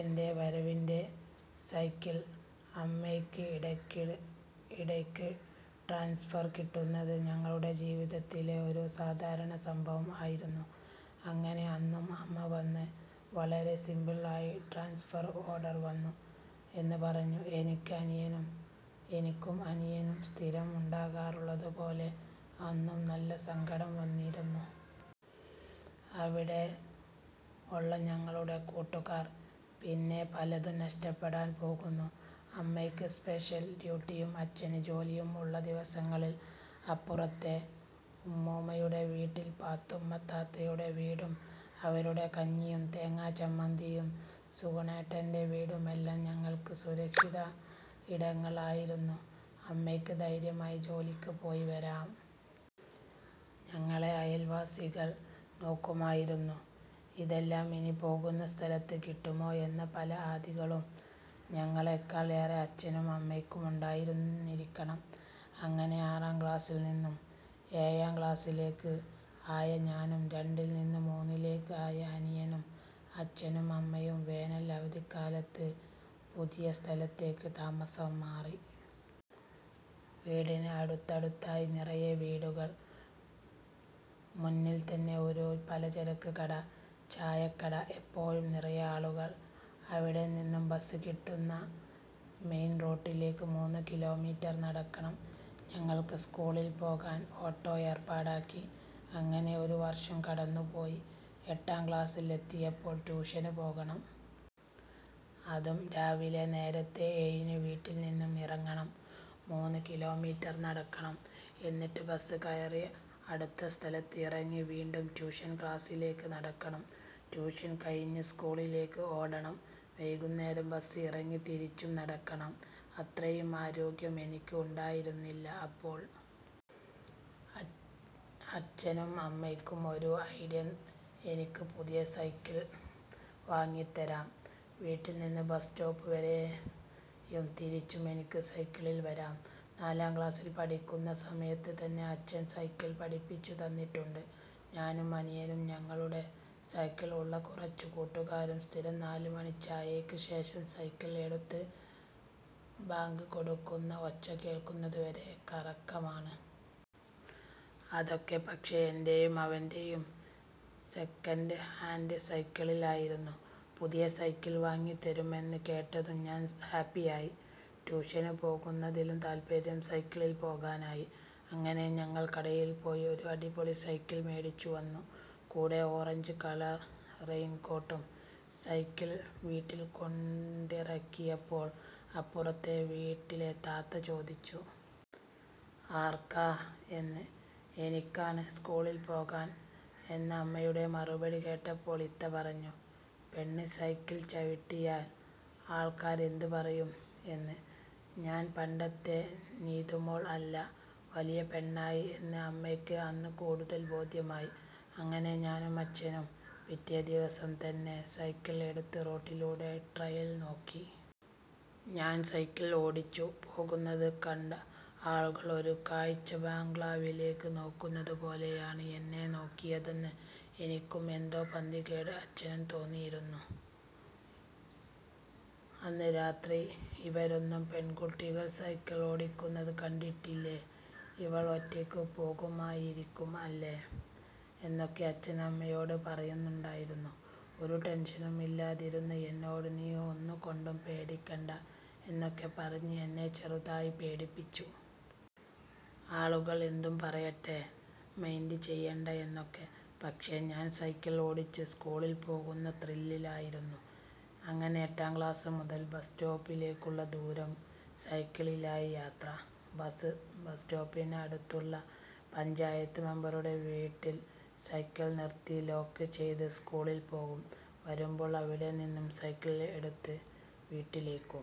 എൻ്റെ വരവിൻ്റെ സൈക്കിൾ അമ്മയ്ക്ക് ഇടയ്ക്ക് ട്രാൻസ്ഫർ കിട്ടുന്നത് ഞങ്ങളുടെ ജീവിതത്തിലെ ഒരു സാധാരണ സംഭവം ആയിരുന്നു. അങ്ങനെ അന്നും അമ്മ വന്ന് വളരെ സിംപിൾ ആയി ട്രാൻസ്ഫർ ഓർഡർ വന്നു എന്ന് പറഞ്ഞു. എനിക്കും അനിയനും സ്ഥിരം ഉണ്ടാകാറുള്ളതുപോലെ അന്നും നല്ല സങ്കടം വന്നിരുന്നു. അവിടെ ഉള്ള ഞങ്ങളുടെ കൂട്ടുകാർ പിന്നെ പലതും നഷ്ടപ്പെടാൻ പോകുന്നു. അമ്മയ്ക്ക് സ്പെഷ്യൽ ഡ്യൂട്ടിയും അച്ഛന് ജോലിയും ഉള്ള ദിവസങ്ങളിൽ അപ്പുറത്തെ ഉമ്മുമ്മയുടെ വീടും പാത്തുമ്മ താത്തയുടെ വീടും അവരുടെ കഞ്ഞിയും തേങ്ങാ ചമ്മന്തിയും സുഗുണേട്ടൻ്റെ വീടുമെല്ലാം ഞങ്ങൾക്ക് സുരക്ഷിത ഇടങ്ങൾ ആയിരുന്നു. അമ്മയ്ക്ക് ധൈര്യമായി ജോലിക്ക് പോയിവരാം. ഞങ്ങളെ അയൽവാസികൾ നോക്കുമായിരുന്നു. ഇതെല്ലാം ഇനി പോകുന്ന സ്ഥലത്ത് കിട്ടുമോ എന്ന പല ആധികളും ഞങ്ങളെക്കാൾ ഏറെ അച്ഛനും അമ്മയ്ക്കും ഉണ്ടായിരുന്നിരിക്കണം. അങ്ങനെ ആറാം ക്ലാസിൽ നിന്ന് ഏഴാം ക്ലാസിലേക്ക് ആയ ഞാനും രണ്ടിൽ നിന്ന് മൂന്നിലേക്ക് ആയ അനിയനും അച്ഛനും അമ്മയും വേനൽ അവധിക്കാലത്ത് പുതിയ സ്ഥലത്തേക്ക് താമസം മാറി. വീടിന് അടുത്തടുത്തായി നിറയെ വീടുകൾ. മുന്നിൽ തന്നെ ഒരു പലചരക്ക് കട, ചായക്കട, എപ്പോഴും നിറയെ ആളുകൾ. അവിടെനിന്നും ബസ് കിട്ടുന്ന മെയിൻ റോഡിലേക്ക് മൂന്ന് കിലോമീറ്റർ നടക്കണം. ഞങ്ങൾക്ക് സ്കൂളിൽ പോകാൻ ഓട്ടോ ഏർപ്പാടാക്കി. അങ്ങനെ ഒരു വർഷം കടന്നുപോയി. എട്ടാം ക്ലാസിൽ എത്തിയപ്പോൾ ട്യൂഷന് പോകണം. അതും രാവിലെ നേരത്തെ ഏഴിന് വീട്ടിൽ നിന്ന് ഇറങ്ങണം. മൂന്ന് കിലോമീറ്റർ നടക്കണം. എന്നിട്ട് ബസ് കയറി അടുത്ത സ്ഥലത്ത് ഇറങ്ങി വീണ്ടും ട്യൂഷൻ ക്ലാസിലേക്ക് നടക്കണം. ട്യൂഷൻ കഴിഞ്ഞ് സ്കൂളിലേക്ക് ഓടണം. വൈകുന്നേരം ബസ് ഇറങ്ങി തിരിച്ചും നടക്കണം. അത്രയും ആരോഗ്യം എനിക്ക് ഉണ്ടായിരുന്നില്ല. അപ്പോൾ അച്ഛനും അമ്മയ്ക്കും ഒരു ഐഡിയ. എനിക്ക് പുതിയ സൈക്കിൾ വാങ്ങിത്തരാം. വീട്ടിൽ നിന്ന് ബസ് സ്റ്റോപ്പ് വരെയും തിരിച്ചും എനിക്ക് സൈക്കിളിൽ വരാം. നാലാം ക്ലാസിൽ പഠിക്കുന്ന സമയത്ത് തന്നെ അച്ഛൻ സൈക്കിൾ പഠിപ്പിച്ചുതന്നിട്ടുണ്ട്. ഞാനും അനിയനും ഞങ്ങളുടെ സൈക്കിൾ ഉള്ള കുറച്ച് കൂട്ടുകാരും സ്ഥിരം നാല് മണി ചായയ്ക്ക് ശേഷം സൈക്കിൾ എടുത്ത് ബാങ്ക് കൊടുക്കുന്ന ഒച്ച കേൾക്കുന്നതുവരെ കറക്കമാണ്. അതൊക്കെ പക്ഷേ എൻ്റെയും അവൻ്റെയും സെക്കൻഡ് ഹാൻഡ് സൈക്കിളിൽ ആയിരുന്നു. പുതിയ സൈക്കിൾ വാങ്ങിത്തരുമെന്ന് കേട്ടതും ഞാൻ ഹാപ്പിയായി. ട്യൂഷന് പോകുന്നതിലും താൽപര്യം സൈക്കിളിൽ പോകാനായി. അങ്ങനെ ഞങ്ങൾ കടയിൽ പോയി ഒരു അടിപൊളി സൈക്കിൾ മേടിച്ചുവന്നു. കൂടെ ഓറഞ്ച് കളർ റെയിൻകോട്ടും. സൈക്കിൾ വീട്ടിൽ കൊണ്ടിറക്കിയപ്പോൾ അപ്പുറത്തെ വീട്ടിലെ താത്ത ചോദിച്ചു. ആർക്കാ എന്ന്. എനിക്കാണ് സ്കൂളിൽ പോകാൻ എന്ന അമ്മയുടെ മറുപടി കേട്ടപ്പോൾ ഇത്ത പറഞ്ഞു. പെണ്ണ് സൈക്കിൾ ചവിട്ടിയാൽ ആൾക്കാർ എന്ത് പറയും എന്ന്. ഞാൻ പണ്ടത്തെ നീതു മോൾ അല്ല, വലിയ പെണ്ണായി എന്ന് അമ്മയ്ക്ക് അന്ന് കൂടുതൽ ബോധ്യമായി. അങ്ങനെ ഞാനും അച്ഛനും പിറ്റേ ദിവസം തന്നെ സൈക്കിൾ എടുത്ത് റോഡിലൂടെ ട്രയൽ നോക്കി. ഞാൻ സൈക്കിൾ ഓടിച്ചു പോകുന്നത് കണ്ട ആളുകൾ ഒരു കാഴ്ചബംഗ്ലാവിലേക്ക് നോക്കുന്നതുപോലെയാണ് എന്നെ നോക്കിയതെന്ന് എനിക്കും എന്തോ പന്തികേട് അച്ഛനും തോന്നിയിരുന്നു. അന്ന് രാത്രി ഇവരൊന്നും പെൺകുട്ടികൾ സൈക്കിൾ ഓടിക്കുന്നത് കണ്ടിട്ടില്ലേ? ഇവൾ ഒറ്റയ്ക്ക് പോകുമായിരിക്കും അല്ലേ? എന്നൊക്കെ അച്ഛൻ അമ്മയോട് പറയുന്നുണ്ടായിരുന്നു. ഒരു ടെൻഷനും ഇല്ലാതിരുന്ന എന്നോട് നീ ഒന്നുകൊണ്ടും പേടിക്കണ്ട എന്നൊക്കെ പറഞ്ഞ് എന്നെ ചെറുതായി പേടിപ്പിച്ചു. ആളുകൾ എന്തും പറയട്ടെ, മൈൻഡ് ചെയ്യണ്ട എന്നൊക്കെ. പക്ഷേ ഞാൻ സൈക്കിൾ ഓടിച്ച് സ്കൂളിൽ പോകുന്ന ത്രില്ലിലായിരുന്നു. അങ്ങനെ എട്ടാം ക്ലാസ് മുതൽ ബസ് സ്റ്റോപ്പിലേക്കുള്ള ദൂരം സൈക്കിളിലായി യാത്ര. ബസ് സ്റ്റോപ്പിന് അടുത്തുള്ള പഞ്ചായത്ത് മെമ്പറുടെ വീട്ടിൽ സൈക്കിൾ നിർത്തി ലോക്ക് ചെയ്ത് സ്കൂളിൽ പോകും. വരുമ്പോൾ അവിടെ നിന്ന് സൈക്കിൾ എടുത്ത് വീട്ടിലേക്കു.